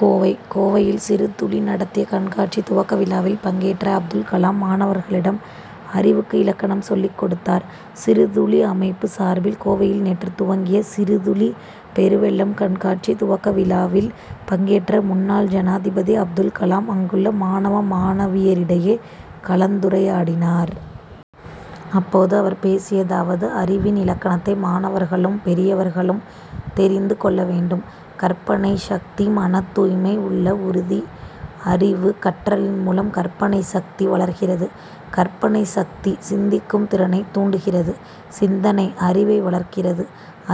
கோவை கோவையில் சிறுதுளி நடத்திய கண்காட்சி துவக்க விழாவில் பங்கேற்ற அப்துல் கலாம், மாணவர்களிடம் அறிவுக்கு இலக்கணம் சொல்லிக் கொடுத்தார். சிறுதுளி அமைப்பு சார்பில் கோவையில் நேற்று துவங்கிய சிறுதுளி பெருவெள்ளம்' கண்காட்சி துவக்க விழாவில் பங்கேற்ற முன்னாள் ஜனாதிபதி அப்துல் கலாம், அங்குள்ள மாணவ, மாணவியரிடையே கலந்துரையாடினார். அப்போது அவர் பேசியதாவது: அறிவின் இலக்கணத்தை மாணவர்களும், பெரியவர்களும் தெரிந்து கொள்ள வேண்டும். கற்பனை சக்தி மனத்தூய்மை உள்ள உறுதி அறிவு. கற்றலின் மூலம் கற்பனை சக்தி வளர்கிறது கற்பனை சக்தி, சிந்திக்கும் திறனை தூண்டுகிறது; சிந்தனை, அறிவை வளர்க்கிறது;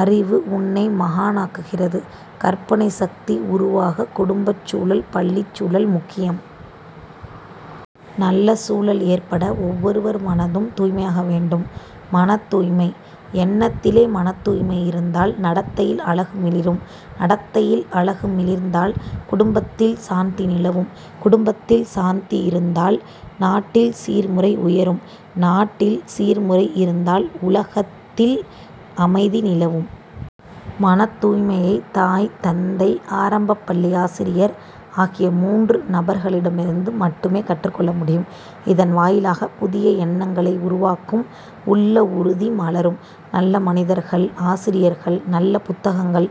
அறிவு உன்னை மகானாக்குகிறது. கற்பனை சக்தி உருவாக குடும்பச்சூழல், பள்ளிச் சூழல் முக்கியம். நல்ல சூழல் ஏற்பட, ஒவ்வொருவர் மனதும் தூய்மையாக வேண்டும். மனத்தூய்மை எண்ணத்திலே மனத்தூய்மை இருந்தால் நடத்தையில் அழகு மிளிரும் நடத்தையில் அழகு மிளிர்ந்தால், குடும்பத்தில் சாந்தி நிலவும்; குடும்பத்தில் சாந்தி இருந்தால், நாட்டில் சீர் முறை உயரும் நாட்டில் சீர்முறை இருந்தால் உலகத்தில் அமைதி நிலவும். மனத்தூய்மையை தாய், தந்தை, ஆரம்பப்பள்ளி ஆசிரியர் ஆகிய மூன்று நபர்களிடமிருந்து மட்டுமே கற்றுக் கொள்ள முடியும். இதன் வாயிலாக புதிய எண்ணங்களை உருவாக்கும் உள்ள உறுதி மலரும். நல்ல மனிதர்கள், ஆசிரியர்கள், நல்ல புத்தகங்கள்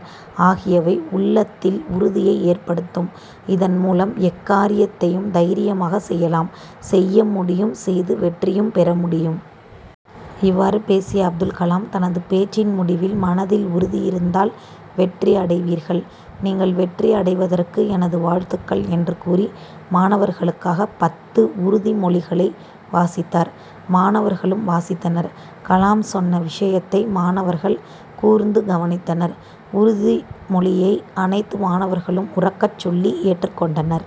ஆகியவை உள்ளத்தில் உறுதியை ஏற்படுத்தும், இதன் மூலம் எக்காரியத்தையும் தைரியமாக செய்யலாம் செய்ய முடியும் செய்து வெற்றியும் பெற முடியும். இவ்வாறு பேசிய அப்துல்கலாம், தனது பேச்சின் முடிவில், மனதில் உறுதி இருந்தால், வெற்றி அடைவீர்கள். நீங்கள் வெற்றி அடைவதற்கு எனது வாழ்த்துக்கள்' என்று கூறி மாணவர்களுக்காக பத்து உறுதி மொழிகளை வாசித்தார். மாணவர்களும் வாசித்தனர். கலாம் சொன்ன விஷயத்தை மாணவர்கள் கூர்ந்து கவனித்தனர். உறுதி மொழியை அனைத்து மாணவர்களும் உரக்கச் சொல்லி ஏற்றுக்கொண்டனர்.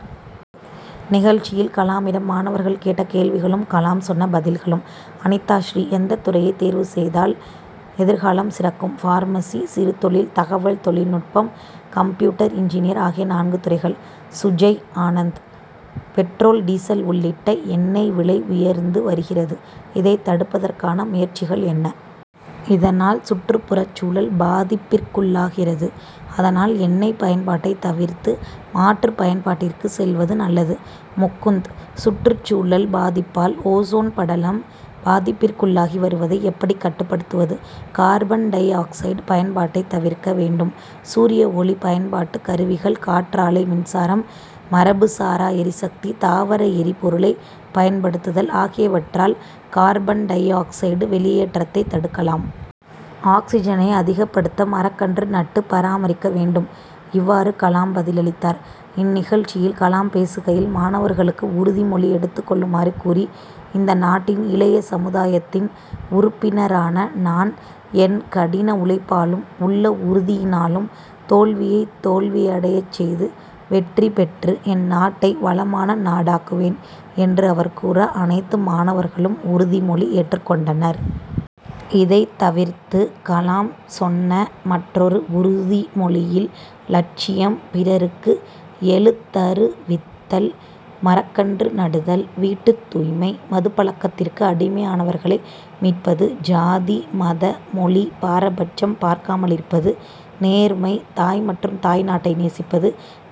நிகழ்ச்சியில் கலாமிடம் மாணவர்கள் கேட்ட கேள்விகளும், கலாம் சொன்ன பதில்களும் அனிதாஸ்ரீ எந்த துறையை தேர்வு செய்தால் எதிர் காலம் சிறக்கும்? பார்மஸி, சிறுதொழில், தகவல் தொழில்நுட்பம், கம்ப்யூட்டர் இன்ஜினியர் ஆகிய நான்கு துறைகள். சுஜய் ஆனந்த்: பெட்ரோல் டீசல் உள்ளிட்ட எண்ணெய் விலை உயர்ந்து வருகிறது; இதைத் தடுப்பதற்கான முயற்சிகள் என்ன? இதனால் சுற்றுப்புறச் சூழல் பாதிப்பிற்குள்ளாகிறது. அதனால் எண்ணெய் பயன்பாட்டை தவிர்த்து மாற்று பயன்பாட்டிற்கு செல்வது நல்லது. முகுந்த்: சுற்றுச்சூழல் பாதிப்பால் ஓசோன் படலம் பாதிப்பிற்குள்ளாகி வருவதை எப்படி கட்டுப்படுத்துவது? கார்பன் டை ஆக்சைடு பயன்பாட்டை தவிர்க்க வேண்டும். சூரியஒளி பயன்பாட்டு கருவிகள், காற்றாலை மின்சாரம், மரபுசாரா எரிசக்தி, தாவர எரிபொருளை பயன் படுத்துதல் ஆகியவற்றால் கார்பன் டை ஆக்சைடு வெளியேற்றத்தை தடுக்கலாம். ஆக்சிஜனை அதிகப்படுத்த மரக்கன்று நட்டு பராமரிக்க வேண்டும். இவ்வாறு, கலாம் பதிலளித்தார். இந்நிகழ்ச்சியில் கலாம் பேசுகையில், மாணவர்களுக்கு உறுதிமொழி எடுத்துக்கொள்ளுமாறு கூறி, இந்த நாட்டின் இளைய சமுதாயத்தின் உறுப்பினரான நான், என் கடின உழைப்பாலும் உள்ள உறுதியினாலும், தோல்வியை தோல்வியடைச் செய்து, வெற்றி பெற்று என் நாட்டை வளமான நாடாக்குவேன், என்று அவர் கூற, அனைத்து மாணவர்களும் உறுதிமொழி ஏற்றுக்கொண்டனர். இதைத் தவிர்த்து, கலாம் சொன்ன மற்றொரு உறுதிமொழியில், லட்சியம், பிறருக்கு எழுத்தருவித்தல், மரக்கன்று நடுதல், வீட்டுத்தூய்மை, மதுப்பழக்கத்திற்கு அடிமையானவர்களை மீட்பது, ஜாதி, மத, மொழி பாரபட்சம் பார்க்காமலிருப்பது, நேர்மை, தாய் மற்றும் தாய்நாட்டை நேசிப்பது,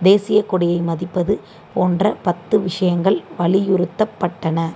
தேசியக்கொடியை மதிப்பது' போன்ற பத்து விஷயங்கள் வலியுறுத்தப்பட்டன.